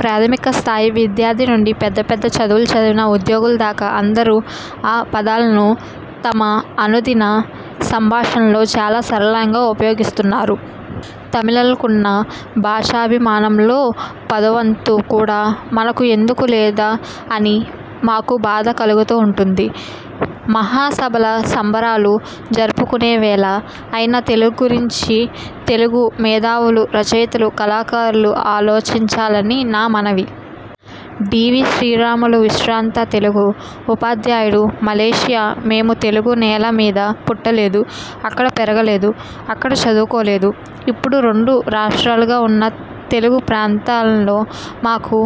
ప్రాథమిక స్థాయి విద్యార్థి నుండి పెద్ద పెద్ద చదువులు చదివిన ఉద్యోగుల దాకా అందరూ ఆ పదాలను తమ అనుదిన సంభాషణల్లో చాలా సరళంగా ఉపయోగిస్తున్నారు. తమిళులకున్న। భాషాభిమానంలో పదో వంతు కూడా మనకు ఎందుకు లేదా అని మాకు బాధ కలుగుతూ ఉంటుంది. మహాసభల సంబరాలు జరుపుకునే వేళ అయినా తెలుగు గురించి తెలుగు మేధావులు, రచయితలు, కళాకారులు ఆలోచించాలని నా మనవి. డీవీ శ్రీరాములువిశ్రాంత తెలుగు ఉపాధ్యాయుడు, మలేసియా మేము తెలుగు నేల మీద పుట్టలేదు. అక్కడ పెరగలేదు. అక్కడ చదువుకోలేదు. ఇప్పుడు రెండు రాష్ట్రాలుగా ఉన్న తెలుగు ప్రాంతాలో మాకు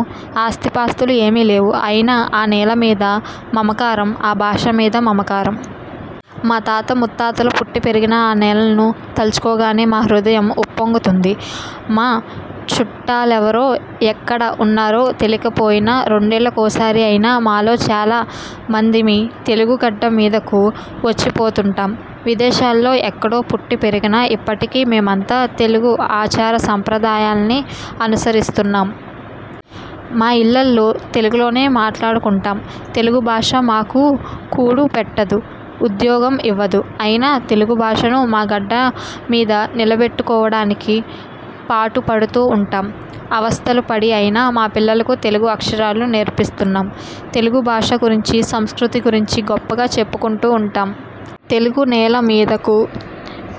ఆస్తిపాస్తులు ఏవీ లేవు. అయినా ఆ నేల మీద మమకారం. ఆ భాష మీద మమకారం. మా తాత ముత్తాతలు పుట్టి పెరిగిన ఆ నేలను తలచుకోగానే మా హృదయం ఉప్పొంగుతుంది. మా చుట్టాలెవరో ఎక్కడ ఉన్నారో తెలియకపోయినా రెండేళ్లకోసారి అయినా మాలో చాలా మందిమి తెలుగు గడ్డ మీదకు వచ్చిపోతుంటాం. విదేశాల్లో ఎక్కడో పుట్టి పెరిగినా ఇప్పటికీ మేమంతా తెలుగు ఆచార సంప్రదాయాలనే అనుసరిస్తున్నాం. మా ఇళ్లలో తెలుగులోనే మాట్లాడుకుంటాం. తెలుగు భాష మాకు కూడుపెట్టదు. ఉద్యోగం ఇవ్వదు. అయినా తెలుగుభాషను మా గడ్డ మీద నిలబెట్టుకోవడానికి పాటుపడుతూ ఉంటాం. అవస్థలు పడి అయినా మా పిల్లలకు తెలుగు అక్షరాలు నేర్పిస్తున్నాం. తెలుగు భాష గురించీ, సంస్కృతి గురించీ గొప్పగా చెప్పుకుంటూ ఉంటాం. తెలుగు నేల మీదకు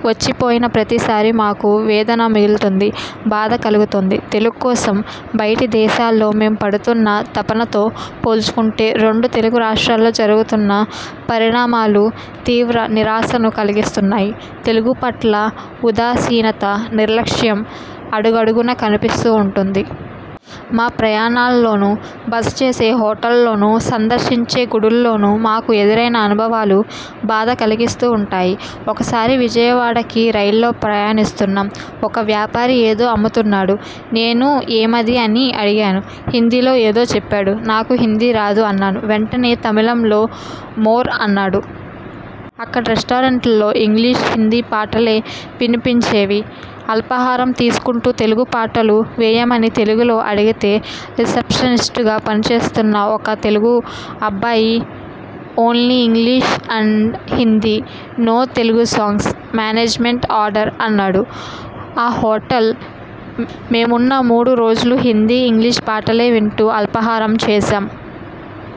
వచ్చిపోయిన ప్రతిసారీ మాకు వేదన మిగులుతుంది. బాధ కలుగుతోంది. తెలుగు కోసం బయటి దేశాల్లో మేం పడుతున్న తపనతో పోల్చుకుంటే రెండు తెలుగు రాష్ట్రాల్లో జరుగుతున్న పరిణామాలు తీవ్ర నిరాశను కలిగిస్తున్నాయి. తెలుగు పట్ల ఉదాసీనత, నిర్లక్ష్యం అడుగడుగునా కనిపిస్తూ ఉంటుంది. మా ప్రయాణాల్లోనూ, బస చేసే హోటల్లోనూ, సందర్శించే గుడుల్లోనూ మాకు ఎదురైన అనుభవాలు బాధ కలిగిస్తూ ఉంటాయి. ఒకసారి విజయవాడకి రైల్లో ప్రయాణిస్తున్నాం. ఒక వ్యాపారి ఏదో అమ్ముతున్నాడు. నేను ఏమది అని అడిగాను. హిందీలో ఏదో చెప్పాడు. నాకు హిందీ రాదు అన్నాను. వెంటనే తమిళంలో 'మోర్' అన్నాడు. అక్కడి రెస్టారెంట్లో ఇంగ్లీషు, హిందీ పాటలే వినిపించేవి. అల్పాహారం తీసుకుంటూ తెలుగు పాటలు వేయమని తెలుగులో అడిగితే రిసెప్షనిస్టుగా పనిచేస్తున్న ఒక తెలుగు అబ్బాయి, 'only English and Hindi, no Telugu songs, management order' అన్నాడు. ఆ హోటల్ మేమున్న మూడు రోజులూ హిందీ, ఇంగ్లీషు పాటలే వింటూ అల్పాహారం చేసాం.